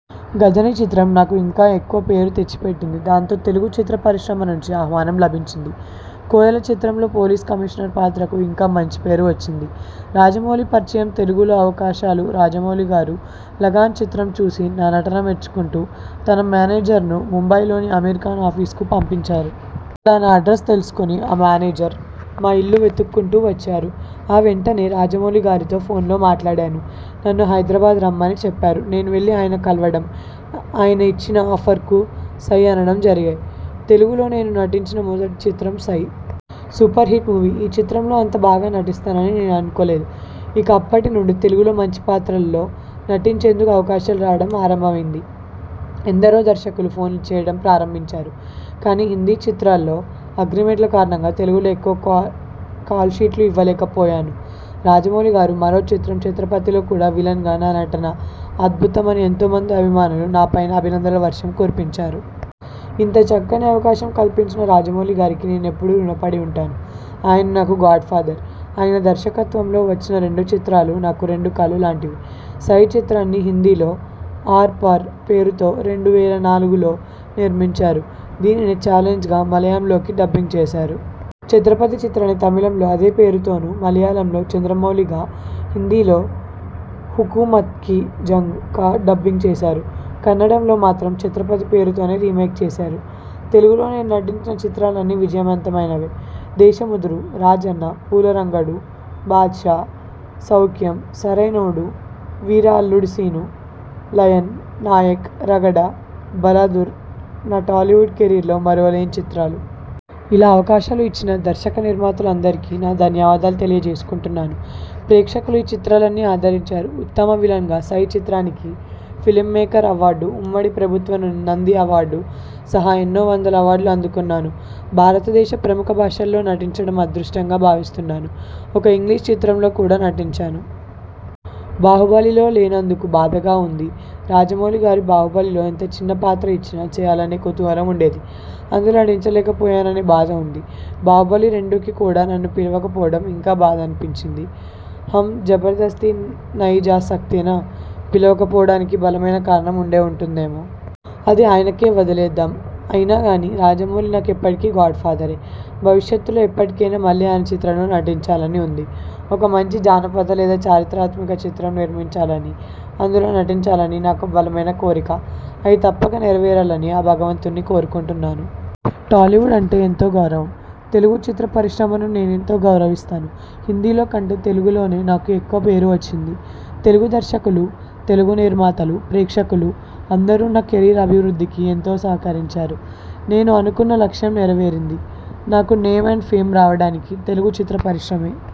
గజని చిత్రం నాకు ఇంకా ఎక్కువ పేరు తెచ్చిపెట్టింది. దాంతో తెలుగు చిత్ర పరిశ్రమ నుంచి ఆహ్వానం లభించింది. కోయల చిత్రంలో పోలీస్ కమీషనర్ పాత్రకు ఇంకా మంచిపేరు వచ్చింది. రాజమౌళి పరిచయం తెలుగులో అవకాశాలురాజమౌళిగారు లగాన్ చిత్రం చూసి నా నటన మెచ్చుకుంటూ తన మేనేజర్ను ముంబయిలోని అమీర్ఖాన్ ఆఫీసుకు పంపించారు. అక్కడ నా అడ్రస్ తెలుసుకుని ఆ మేనేజర్ మా ఇల్లు వెతుక్కుంటూ వచ్చారు. ఆ వెంటనే రాజమౌళిగారితో ఫోన్లో మాట్లాడాను. నన్ను హైదరాబాద్ రమ్మని చెప్పారు. నేను వెళ్లి ఆయన కలవడం, ఆయిన ఇచ్చిన ఆఫర్కు 'సై' అనడం జరిగాయి. తెలుగులో నేను నటించిన మొదటి చిత్రం 'సై'. Superhit movie. ఈ చిత్రంలో అంత బాగా నటిస్తానని నేనే అనుకోలేదు. ఇక అప్పటినుండి తెలుగులో మంచిపాత్రల్లో నటించేందుకు అవకాశాలు రావడం ఆరంభమైంది. ఎందరో దర్శకులు ఫోన్లు చేయడం ప్రారంభించారు. కానీ హిందీ చిత్రాల్లో అగ్రిమెంట్ల కారణంగా తెలుగులో ఎక్కువ కాల్షీట్లు ఇవ్వలేకపోయాను. రాజమౌళిగారి మరో చిత్రం 'ఛత్రపతి'లో కూడా విలన్గా నా నటన అద్భుతం అని ఎంతోమంది అభిమానులు నాపైన అభినందనల వర్షం కురిపించారు. ఇంత చక్కని అవకాశం కల్పించిన రాజమౌళిగారికి నేను ఎప్పుడూ రుణపడి ఉంటాను. ఆయన నాకు గాడ్ఫాదర్. ఆయన దర్శకత్వంలో వచ్చిన రెండు చిత్రాలూ నాకు రెండు కళ్ళులాంటివి. సై చిత్రాన్ని హిందీలో 'ఆర్–పార్' పేరుతోరెండు వేల నాలుగు లో నిర్మించారు. దీనినే 'ఛాలెంజ్' గా మలయాళంలోకి డబ్బింగ్ చేశారు. ఛత్రపతి చిత్రాన్ని తమిళంలో అదే పేరుతోనూ, మలయాళంలో 'చంద్రమౌళి'గా హిందీలో హుకూమత్కి జంగ్ గా డబ్ చేశారు. కన్నడంలో మాత్రం 'ఛత్రపతి' పేరుతోనే రీమేక్ చేశారు. తెలుగులో నేను నటించిన చిత్రాలన్నీ విజయవంతమైనవే. దేశముదురు, రాజన్న, పూలరంగడు, బాద్షా, సౌఖ్యం, సరైనోడు, వీర, అల్లుడుశీను, లయన్, నాయక్, రగడ, బలదూర్ నా టాలీవుడ్ కెరీర్లో మరువలేని చిత్రాలు. ఇలా అవకాశాలు ఇచ్చిన దర్శకనిర్మాతలందరికీ నా ధన్యవాదాలు తెలియజేసుకుంటున్నాను. ప్రేక్షకులు ఈ చిత్రాలన్నీ ఆదరించారు. ఉత్తమ విలన్గా 'సై' చిత్రానికి ఫిలిమ్ఫేర్ అవార్డు, ఉమ్మడి ప్రభుత్వ నంది అవార్డు సహా ఎన్నో వందల అవార్డులు అందుకున్నాను. భారతదేశ ప్రముఖ భాషల్లో నటించడం అదృష్టంగా భావిస్తున్నాను. ఒక ఇంగ్లీషు చిత్రంలో కూడా నటించాను. బాహుబలిలోలేనందుకు బాధగా ఉందిరాజమౌళిగారి బాహుబలి లో ఎంత చిన్న పాత్ర ఇచ్చినా చేయాలనే కుతూహలం ఉండేది. అందులో నటించలేకపోయాననే బాధ ఉంది. బాహుబలి రెండు కి కూడా నన్ను పిలవకపోవడం ఇంకా బాధ అనిపించింది. హమ్ జబర్దస్తీ నయ్ జా సక్తేనా. పిలవకపోవడానికి బలమైన కారణం ఉండే ఉంటుందేమో! అది ఆయనకే వదిలేద్దాం. అయినా గానీ రాజమౌళి నాకు ఎప్పటికీ గాడ్ ఫాదరే. భవిష్యత్తులో ఎప్పటికైనా మళ్ళీ ఆయన చిత్రంలో నటించాలని ఉంది. ఒక మంచి జానపద లేదా చారిత్రక చిత్రం నిర్మించాలనీ, అందులో నటించాలనీ నాకో బలమైన కోరిక. అది తప్పక నెరవేరాలని ఆ భగవంతుణ్ణి కోరుకుంటున్నాను. టాలీవుడ్ అంటే ఎంతో గౌరవంతెలుగు చిత్ర పరిశ్రమను నేనెంతో గౌరవిస్తాను. హిందీలో కంటే తెలుగులోనే నాకు ఎక్కువ పేరు వచ్చింది. తెలుగు దర్శకులు, తెలుగు నిర్మాతలు, ప్రేక్షకులు అందరూ నా కెరీర్ అభివృద్ధికి ఎంతో సహకరించారు. నేను అనుకున్న లక్ష్యం నెరవేరింది. నాకు నేమ్ అండ్ ఫేమ్ రావడానికి తెలుగు చిత్ర పరిశ్రమే